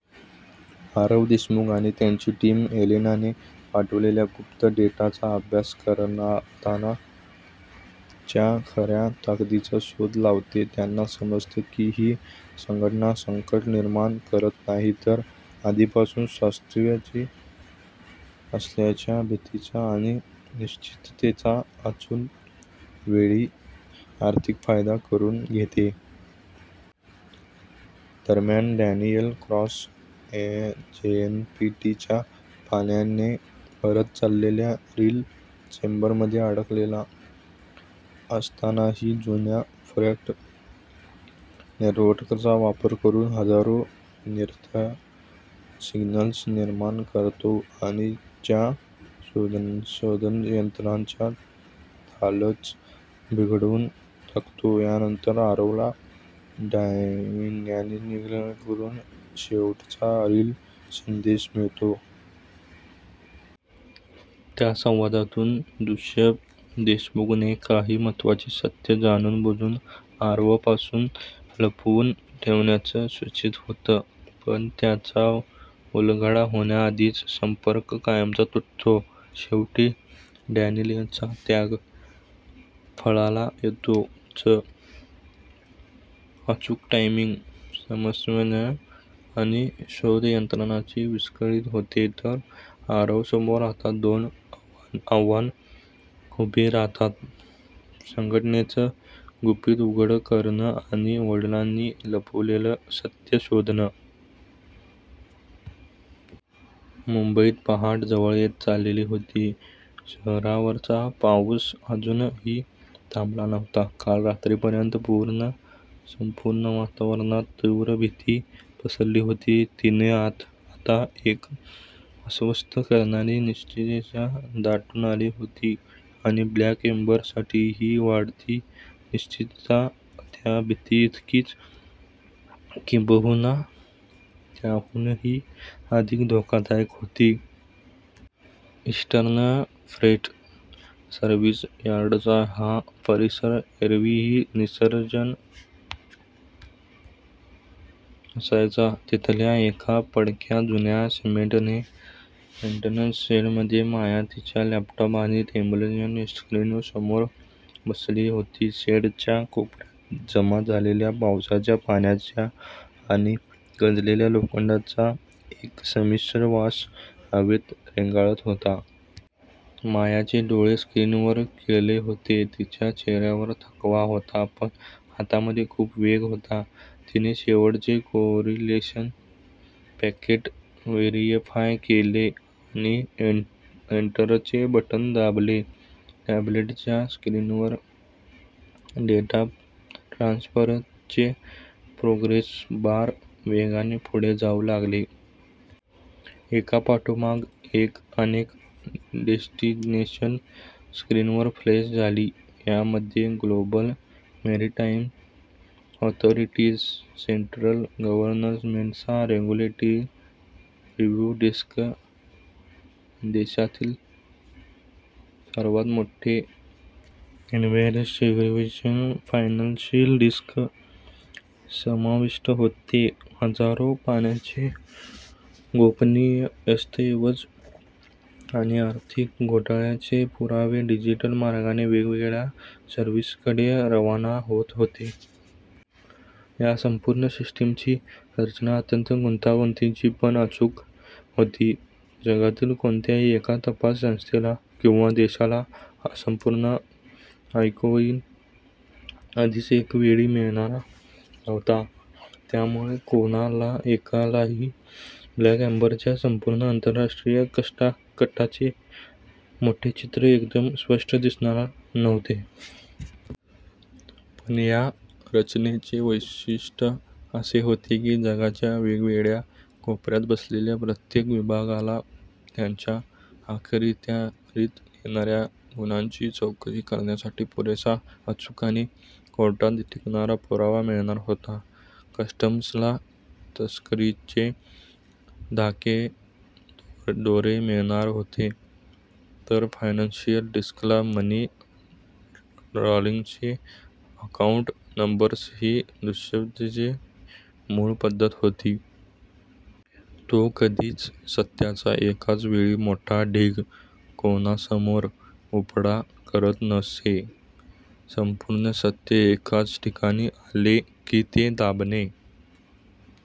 आरव देशमुख आणि त्याची टीम एलेनाने पाठवलेल्या गुप्त डेटाचा अभ्यास करताना च्या खऱ्या ताकदीचा शोध लावते. त्यांना समजतं की ही संघटना संकट निर्माण करत नाही, तर आधीपासून अस्तित्वात असलेल्या भीतीचा आणि अनिश्चिततेचा अचूक वेळी आर्थिक फायदा करून घेते. दरम्यान डॅनियल क्रॉस जेएनपीटीच्या पाण्याने भरत चाललेल्या रिले चेंबरमध्ये अडकलेला असतानाही जुन्या फ्रेट नेटवर्कचा वापर करून हजारो निरर्थक सिग्नल्स निर्माण करतो आणि च्या शोधयंत्रणेचा तालच बिघडवून टाकतो. यानंतर आरवला डॅनियलकडून शेवटचा रिले संदेश मिळतो. त्या संवादातून दुष्यंत देशमुखने काही महत्त्वाचं सत्य जाणूनबुजून आरवपासून लपवून ठेवल्याचं सूचित होतं, पण त्याचा उलगडा होण्याआधीच संपर्क कायमचा तुटतो. शेवटी डॅनियलचा त्याग फळाला येतो. चं अचूक टायमिंग, समन्वय आणि शोधयंत्रणा विस्कळीत होते, तर आरवसमोर आता दोन आव्हानं उभी राहतात: संघटनेचं गुपित उघड करणं आणि वडिलांनी लपवलेलं सत्य शोधणं. मुंबईत पहाट जवळ येत चालली होती. शहरावरचा पाऊस अजूनही थांबला नव्हता. काल रात्रीपर्यंत संपूर्ण वातावरणात तीव्र भीती पसरली होती, तिथे आता एक अस्वस्थ करणारी अनिश्चितता दाटून आली होती. आणि 'ब्लॅक एम्बर'साठी ही वाढती अनिश्चितता त्या भीतीइतकीच, किंबहुना त्याहूनही अधिक धोकादायक होती. इस्टर्न फ्रेट सर्व्हिस यार्डचा हा परिसर एरवीही निर्जन असायचा. तिथल्या एका पडक्या, जुन्या मेंटेनन्स शेडमध्ये माया तिच्या लॅपटॉप आणि टॅब्लेटच्या स्क्रीनसमोर बसली होती. शेडच्या कोपऱ्यात जमा झालेल्या पावसाच्या पाण्याचा आणि गंजलेल्या लोखंडाचा एक संमिश्र वास हवेत रेंगाळत होता. मायाचे डोळे स्क्रीनवर खिळले होते. तिच्या चेहऱ्यावर थकवा होता, पण हातामध्ये खूप वेग होता. तिने शेवटचे कोरिलेशन पॅकेट व्हेरीफाय केले आणि एंटरचे बटण दाबले. टॅब्लेटच्या स्क्रीनवर डेटा ट्रान्सफरचे प्रोग्रेस बार वेगाने पुढे जाऊ लागले. एकापाठोपाठ एक अनेक डेस्टिनेशन्स स्क्रीनवर फ्लॅश झाली. यामध्ये ग्लोबल मॅरीटाईम ऑथॉरिटीज, सेंट्रल गव्हर्नमेंटचा रेगुलेटरी रिव्ह्यू डेस्क आणि देशातील सर्वात मोठे इन्व्हेस्टिगेटिव्ह फायनान्शियल डेस्क समाविष्ट होते. हजारो पानांचे गोपनीय दस्तऐवज आणि आर्थिक घोटाळ्यांचे पुरावे डिजिटल मार्गाने वेगवेगळ्या सर्व्हर्सकडे रवाना होत होते. या संपूर्ण सिस्टीमची रचना अत्यंत गुंतागुंतीची पण अचूक होती. जगातील कोणत्याही एका तपास संस्थेला किंवा देशाला हा संपूर्ण आर्काइव कधीच एका वेळी मिळणार नव्हता. त्यामुळे कोणा एकालाही 'ब्लॅक एम्बर'च्या संपूर्ण आंतरराष्ट्रीय कटाचे मोठे चित्र एकदम स्पष्ट दिसणार नव्हते. पण या रचनेचे वैशिष्ट्य असे होते की, जगाच्या वेगवेगळ्या कोपऱ्यात बसलेल्या प्रत्येक विभागाला त्यांच्या अखत्यारीत येणाऱ्या गुन्ह्यांची चौकशी करण्यासाठी पुरेसा, अचूक आणि कोर्टात टिकणारा पुरावा मिळणार होता. कस्टम्सला तस्करीचे धागेदोरे मिळणार होते, तर फायनान्शियल डेस्कला मनी लाँड्रिंगचे अकाऊंट नंबर्स ही दुष्यंतची मूळ पद्धत होती. तो कधीच सत्याचा एकाच वेळी मोठा ढीग कोणासमोर उपडा करत नसे. संपूर्ण सत्य एकाच ठिकाणी आले की ते दाबणे